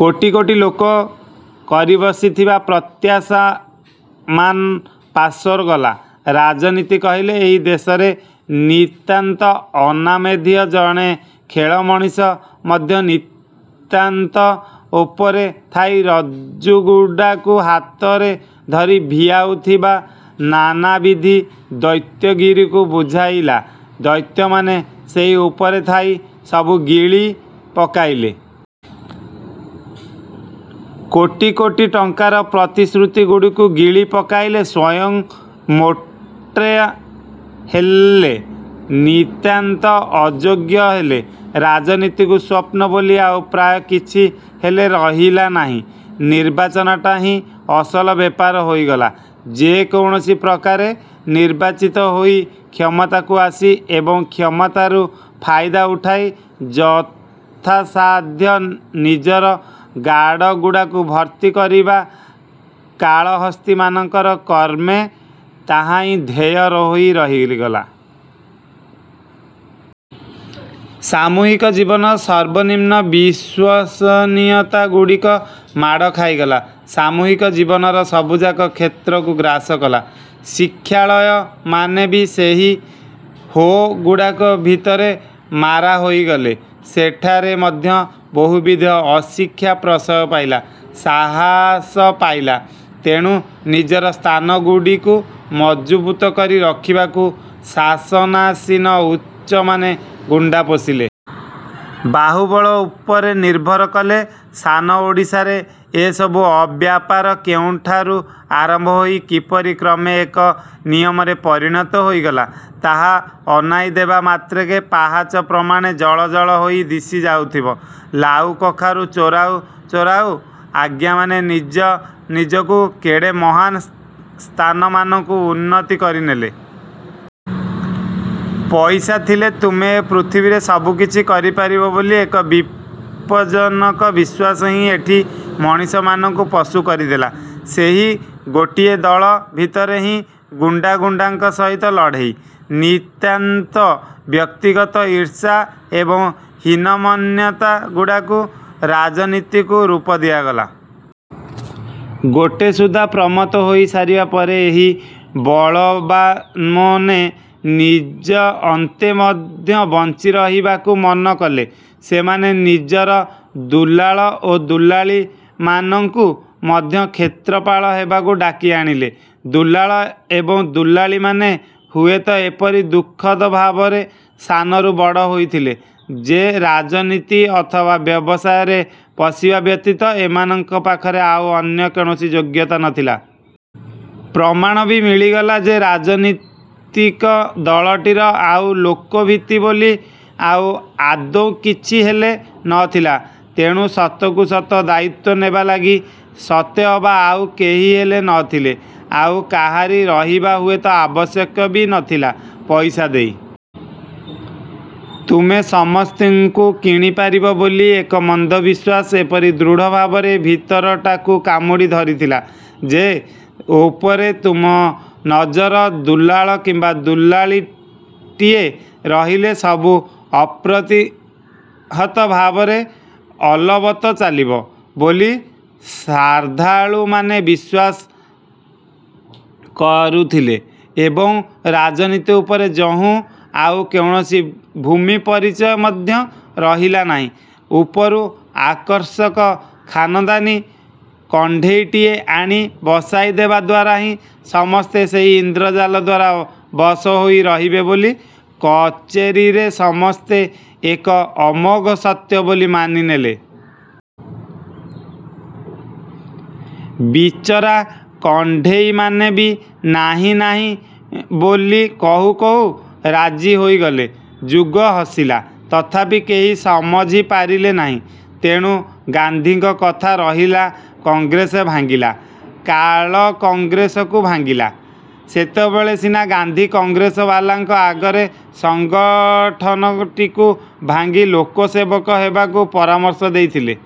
କୋଟି କୋଟି ଲୋକ କରି ବସିଥିବା ପ୍ରତ୍ୟାଶାମାନ ପାସୋର ଗଲା। ରାଜନୀତି କହିଲେ ଏହି ଦେଶରେ ନିତାନ୍ତ ଅନାମଧେୟ ଜଣେ ଖଳ ମଣିଷ ମଧ୍ୟ ନିତାନ୍ତ ଉପରେ ଥାଇ ରଜ୍ଜୁଗୁଡ଼ାକୁ ହାତରେ ଧରି ଭିଆଉଥିବା ନାନାବିଧ ଦୈତ୍ୟଗିରିକୁ ବୁଝାଇଲା। ଦୈତ୍ୟମାନେ ସେହି ଉପରେ ଥାଇ ସବୁ ଗିଳି ପକାଇଲେ। କୋଟି କୋଟି ଟଙ୍କାର ପ୍ରତିଶ୍ରୁତିଗୁଡ଼ିକୁ ଗିଳି ପକାଇଲେ, ସ୍ଵୟଂ ମୋଟା ହେଲେ, ନିତାନ୍ତ ଅଯୋଗ୍ୟ ହେଲେ। ରାଜନୀତିକ ସ୍ୱପ୍ନ ବୋଲି ଆଉ ପ୍ରାୟ କିଛି ହେଲେ ରହିଲା ନାହିଁ। ନିର୍ବାଚନଟା ହିଁ ଅସଲ ବେପାର ହୋଇଗଲା। ଯେକୌଣସି ପ୍ରକାରେ ନିର୍ବାଚିତ ହୋଇ କ୍ଷମତାକୁ ଆସିବା ଏବଂ କ୍ଷମତାରୁ ଫାଇଦା ଉଠାଇ ଯଥାସାଧ୍ୟ ନିଜର ଗାଡ଼ଗୁଡ଼ାକୁ ଭର୍ତ୍ତି କରିବା କାଳହସ୍ତୀ ମାନଙ୍କର କ୍ରମେ ତାହାହିଁ ଧ୍ୟେୟ ହୋଇ ରହିଗଲା। ସାମୂହିକ ଜୀବନର ସର୍ବନିମ୍ନ ବିଶ୍ୱସନୀୟତା ଗୁଡ଼ିକ ମାଡ଼ ଖାଇଗଲା, ସାମୂହିକ ଜୀବନର ସବୁଯାକ କ୍ଷେତ୍ରକୁ ଗ୍ରାସ କଲା। ଶିକ୍ଷାଳୟମାନେ ବି ସେହି ହୋ ଗୁଡ଼ାକ ଭିତରେ ମାରା ହୋଇଗଲେ। ସେଠାରେ ମଧ୍ୟ ବହୁବିଧ ଅଶିକ୍ଷା ପ୍ରଶ୍ରୟ ପାଇଲା, ସାହସ ପାଇଲା। ତେଣୁ, ନିଜର ସ୍ଥାନଗୁଡ଼ିକୁ ମଜବୁତ କରି ରଖିବାକୁ ଶାସନାସୀନ ଉଚ୍ଚମାନେ ଗୁଣ୍ଡା ପୋଷିଲେ। ବାହୁବଳ ଉପରେ ନିର୍ଭର କଲେ। ସାନ ଓଡ଼ିଶାରେ ଏସବୁ ଅବ୍ୟାପାର କେଉଁଠାରୁ ଆରମ୍ଭ ହୋଇ କିପରି କ୍ରମେ ଏକ ନିୟମରେ ପରିଣତ ହୋଇଗଲା ତାହା ଅନାଇଦେବା ମାତ୍ରକେ ପାହାଚ ପ୍ରମାଣେ ଜଳ ଜଳ ହୋଇ ଦିଶି ଯାଉଥିବ। ଲାଉ କଖାରୁ ଚୋରାଉ ଚୋରାଉ ଆଜ୍ଞାମାନେ ନିଜ ନିଜକୁ କେଡ଼େ ମହାନ୍ ସ୍ଥାନମାନଙ୍କୁ ଉନ୍ନୀତ କରିନେଲେ। ପଇସା ଥିଲେ ତୁମେ ଏ ପୃଥିବୀରେ ସବୁକିଛି କରିପାରିବ ବୋଲି ଏକ ବିପଜ୍ଜନକ ବିଶ୍ୱାସ ହିଁ ଏଠି ମଣିଷମାନଙ୍କୁ ପଶୁ କରିଦେଲା। ସେହି ଗୋଟିଏ ଦଳ ଭିତରେ ହିଁ ଗୁଣ୍ଡା ଗୁଣ୍ଡାଙ୍କ ସହିତ ଲଢ଼େଇ। ନିତାନ୍ତ ବ୍ୟକ୍ତିଗତ ଈର୍ଷା ଏବଂ ହୀନମନ୍ୟତା ଗୁଡ଼ାକୁ ରାଜନୀତିକ ରୂପ ଦିଆଗଲା। ଗୋଟାସୁଦ୍ଧା ପ୍ରମତ୍ତ ହୋଇ ସାରିବା ପରେ ଏହି ବଳବାନ୍ମାନେ ନିଜ ଅନ୍ତେ ମଧ୍ୟ ବଞ୍ଚି ରହିବାକୁ ମନ କଲେ। ସେମାନେ ନିଜର ଦୁଲାଳ ଓ ଦୁଲାଳୀ ମାନଙ୍କୁ ମଧ୍ୟ କ୍ଷେତ୍ରପାଳ ହେବାକୁ ଡାକି ଆଣିଲେ। ଦୁଲାଳ ଏବଂ ଦୁଲାଳୀମାନେ ହୁଏତ ଏପରି ଦୁଃଖଦ ଭାବରେ ସାନରୁ ବଡ଼ ହୋଇଥିଲେ ଯେ ରାଜନୀତି ଅଥବା ବ୍ୟବସାୟରେ ପଶିବା ବ୍ୟତୀତ ଏମାନଙ୍କ ପାଖରେ ଆଉ ଅନ୍ୟ କୌଣସି ଯୋଗ୍ୟତା ନଥିଲା। ପ୍ରମାଣ ବି ମିଳିଗଲା ଯେ ରାଜନୀତିକ ଦଳଟିର ଆଉ ଲୋକଭିତ୍ତି ବୋଲି ଆଉ ଆଦୌ କିଛି ହେଲେ ନଥିଲା। ତେଣୁ ସତକୁ ସତ ଦାୟିତ୍ୱ ନେବା ଲାଗି ସତେଅବା ଆଉ କେହିହେଲେ ନଥିଲେ, ଆଉ କାହାରି ରହିବା ହୁଏତ ଆବଶ୍ୟକ ବି ନଥିଲା ପଇସା ଦେଇ। ତୁମେ ସମସ୍ତଙ୍କୁ କିଣିପାରିବ ବୋଲି ଏକ ମନ୍ଦବିଶ୍ୱାସ ଏପରି ଦୃଢ଼ ଭାବରେ ଭିତରଟାକୁ କାମୁଡ଼ି ଧରିଥିଲା ଯେ, ଉପରେ ତୁମ ନିଜର ଦୁଲାଳ କିମ୍ବା ଦୁଲାଳୀଟିଏ ରହିଲେ ସବୁ ଅପ୍ରତିହତ ଭାବରେ ଅଲବତ ଚାଲିବ ବୋଲି ଶାର୍ଦ୍ଦୂଳମାନେ ବିଶ୍ୱାସ ମଧ୍ୟ କରୁଥିଲେ ଏବଂ ରାଜନୀତି ଉପରେ ଯହୁଁ ଆଉ କୌଣସି ଭୂମିପରିଚୟ ମଧ୍ୟ ରହିଲା ନାହିଁ, ଉପରୁ ଆକର୍ଷକ ଖାନଦାନୀ କଣ୍ଢେଇଟିଏ ଆଣି ବସାଇଦେବା ଦ୍ୱାରା ହିଁ ସମସ୍ତେ ସେହି ଇନ୍ଦ୍ରଜାଲ ଦ୍ୱାରା ବଶ ହୋଇ ରହିବେ ବୋଲି କଚେରୀରେ ସମସ୍ତେ ଏକ ଅମୋଘ ସତ୍ୟ ବୋଲି ମାନିନେଲେ। ବିଚରା କଣ୍ଢେଇମାନେ ବି ନାହିଁ ନାହିଁ ବୋଲି କହୁ କହୁ ରାଜି ହୋଇଗଲେ। ଯୁଗ ହସିଲା, ତଥାପି କେହି ସମଝି ପାରିଲେ ନାହିଁ। ତେଣୁ ଗାନ୍ଧୀଙ୍କ କଥା ରହିଲା, କଂଗ୍ରେସ ଭାଙ୍ଗିଲା। କାଳ କଂଗ୍ରେସକୁ ଭାଙ୍ଗିଲା। ସେତେବେଳେ ସିନା ଗାନ୍ଧୀ କଂଗ୍ରେସବାଲାଙ୍କ ଆଗରେ ସଙ୍ଗଠନଟିକୁ ଭାଙ୍ଗି ଲୋକସେବକ ହେବାକୁ ପରାମର୍ଶ ଦେଇଥିଲେ।